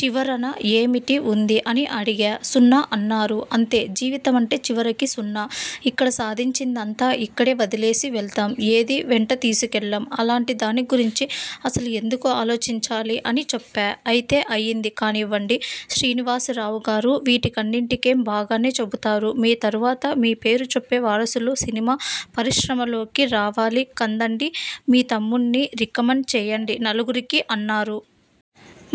'చివరన ఏమిటి ఉంది? ' అని అడిగా. 'సున్న' అన్నారు. 'అంతే. జీవితమంటే చివరికి సున్న. ఇక్కడ సాధించింది అంతా ఇక్కడే వదిలేసి వెళ్తాం. ఏదీ వెంట తీసుకెళ్ళం. అలాంటి దాని గురించి అసలు ఎందుకు ఆలోచించాలి? ' అని చెప్పా. 'అయితే అయింది కానివ్వండి శ్రీనివాసరావుగారూ వీటన్నిటికేం బాగానే చెబుతారు, మీ తర్వాత మీ పేరు చెప్పే వారసులు సినిమా పరిశ్రమలోకి రావాలి కదండీ మీ తమ్ముణ్ణి రికమండ్ చేయండి నలుగురికి' అన్నారు.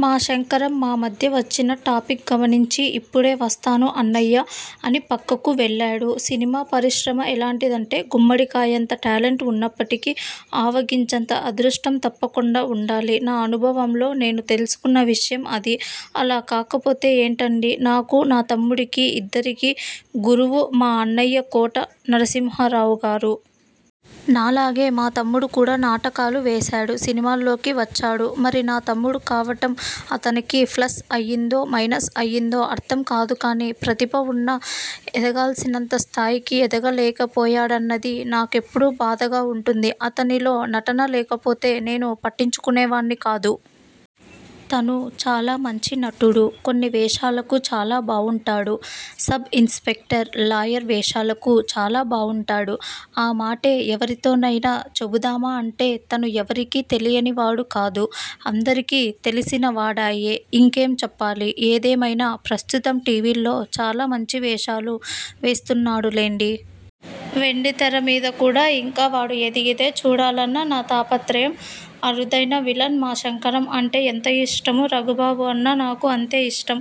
మా శంకరం మా మధ్య వచ్చిన టాపిక్ గమనించి 'ఇప్పుడే వస్తాను అన్నయ్యా' అని పక్కకు వెళ్ళాడు. సినిమా పరిశ్రమ ఎలాంటిదంటే గుమ్మడికాయంత టాలెంట్ ఉన్నప్పటికీ, ఆవగింజంత అదృష్టం తప్పకుండా ఉండాలి. నా అనుభవంలో నేను తెలుసుకున్న విషయం అది. అలా కాకపోతే ఏంటండీ నాకూ, మా తమ్ముడికీ ఇద్దరికీ గురువు మా అన్నయ్య కోట నరసింహారావుగారు. నాలాగే మా తమ్ముడు కూడా నాటకాలు వేశాడు. సినిమాల్లోకి వచ్చాడు. మరి నా తమ్ముడు కావడం అతనికి ప్లస్ అయిందో, మైనస్ అయిందో అర్థం కాదుగానీ ప్రతిభ ఉన్నా ఎదగాల్సినంత స్థాయికి ఎదగలేకపోయాడన్నది నాకెప్పుడూ బాధగా ఉంటుంది. అతనిలో నటన లేకపోతే నేను పట్టించుకునేవాణ్ణి కాదు. తను చాలా మంచి నటుడు. కొన్ని వేషాలకు చాలా బావుంటాడు. సబ్ ఇన్స్పెక్టర్, లాయర్ వేషాలకు చాలా బావుంటాడు. ఆ మాటే ఎవరితోనైనా చెబుదామా అంటే తను ఎవరికీ తెలియనివాడు కాదు. అందరికీ తెలిసినవాడాయే. ఇంకేం చెప్పాలి? ఏదేమైనా ప్రస్తుతం టీవీల్లో చాలా మంచి వేషాలు వేస్తున్నాడులెండి. వెండితెరమీద కూడా ఇంకా వాడు ఎదిగితే చూడాలనా నా తాపత్రయం. అరుదైన విలన్ మా శంకరం అంటే ఎంత ఇష్టమో రఘుబాబు అన్నా నాకు అంతే ఇష్టం.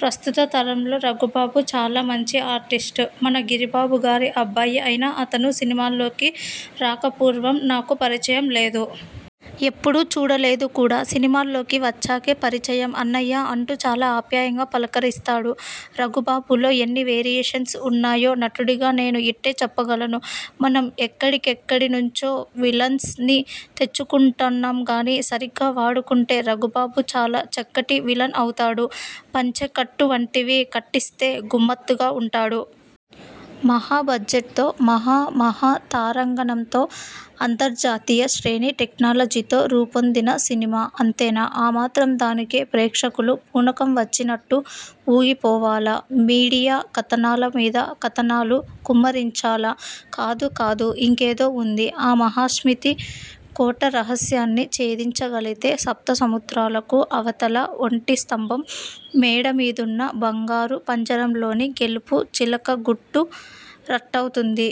ప్రస్తుత తరంలో రఘుబాబు చాలా మంచి ఆర్టిస్ట్. మన గిరిబాబుగారి అబ్బాయి అయినా అతను సినిమాల్లోకి రాకపూర్వం నాకు పరిచయం లేదు. ఎప్పుడూ చూడలేదు కూడా. సినిమాల్లోకి వచ్చాకే పరిచయం. అన్నయ్యా అంటూ చాలా ఆప్యాయంగా పలకరిస్తాడు. రఘుబాబులో ఎన్ని వేరియేషన్స్ ఉన్నాయో నటుడిగా నేను ఇట్టే చెప్పగలను. మనం ఎక్కడెక్కడి నుంచో విలన్స్ ని తెచ్చుకుంటాంగానీ సరిగ్గా వాడుకుంటే రఘుబాబు చాలా చక్కటి విలన్ అవుతాడు. పంచెకట్టు వంటివి కట్టిస్తే గమ్మత్తుగా ఉంటాడు. మహా బడ్జెట్తో, మహామహా తారాగణంతో, అంతర్జాతీయ శ్రేణి టెక్నాలజీతో రూపొందిన సినిమా. అంతేనా, ఆమాత్రం దానికే ప్రేక్షకులు పూనకం వచ్చినట్టు ఊగిపోవాలా, మీడియా కథనాల మీద కథనాలు కుమ్మరించాలా? కాదుకాదు, ఇంకేదో ఉంది. ఆ మాహిష్మతి కోట రహస్యాన్ని ఛేదించగలిగితే సప్త సముద్రాలకు అవతల, ఒంటిస్తంభం మేడమీదున్న బంగారు పంజరంలోని 'గెలుపు' చిలక గుట్టు రట్టవుతుంది.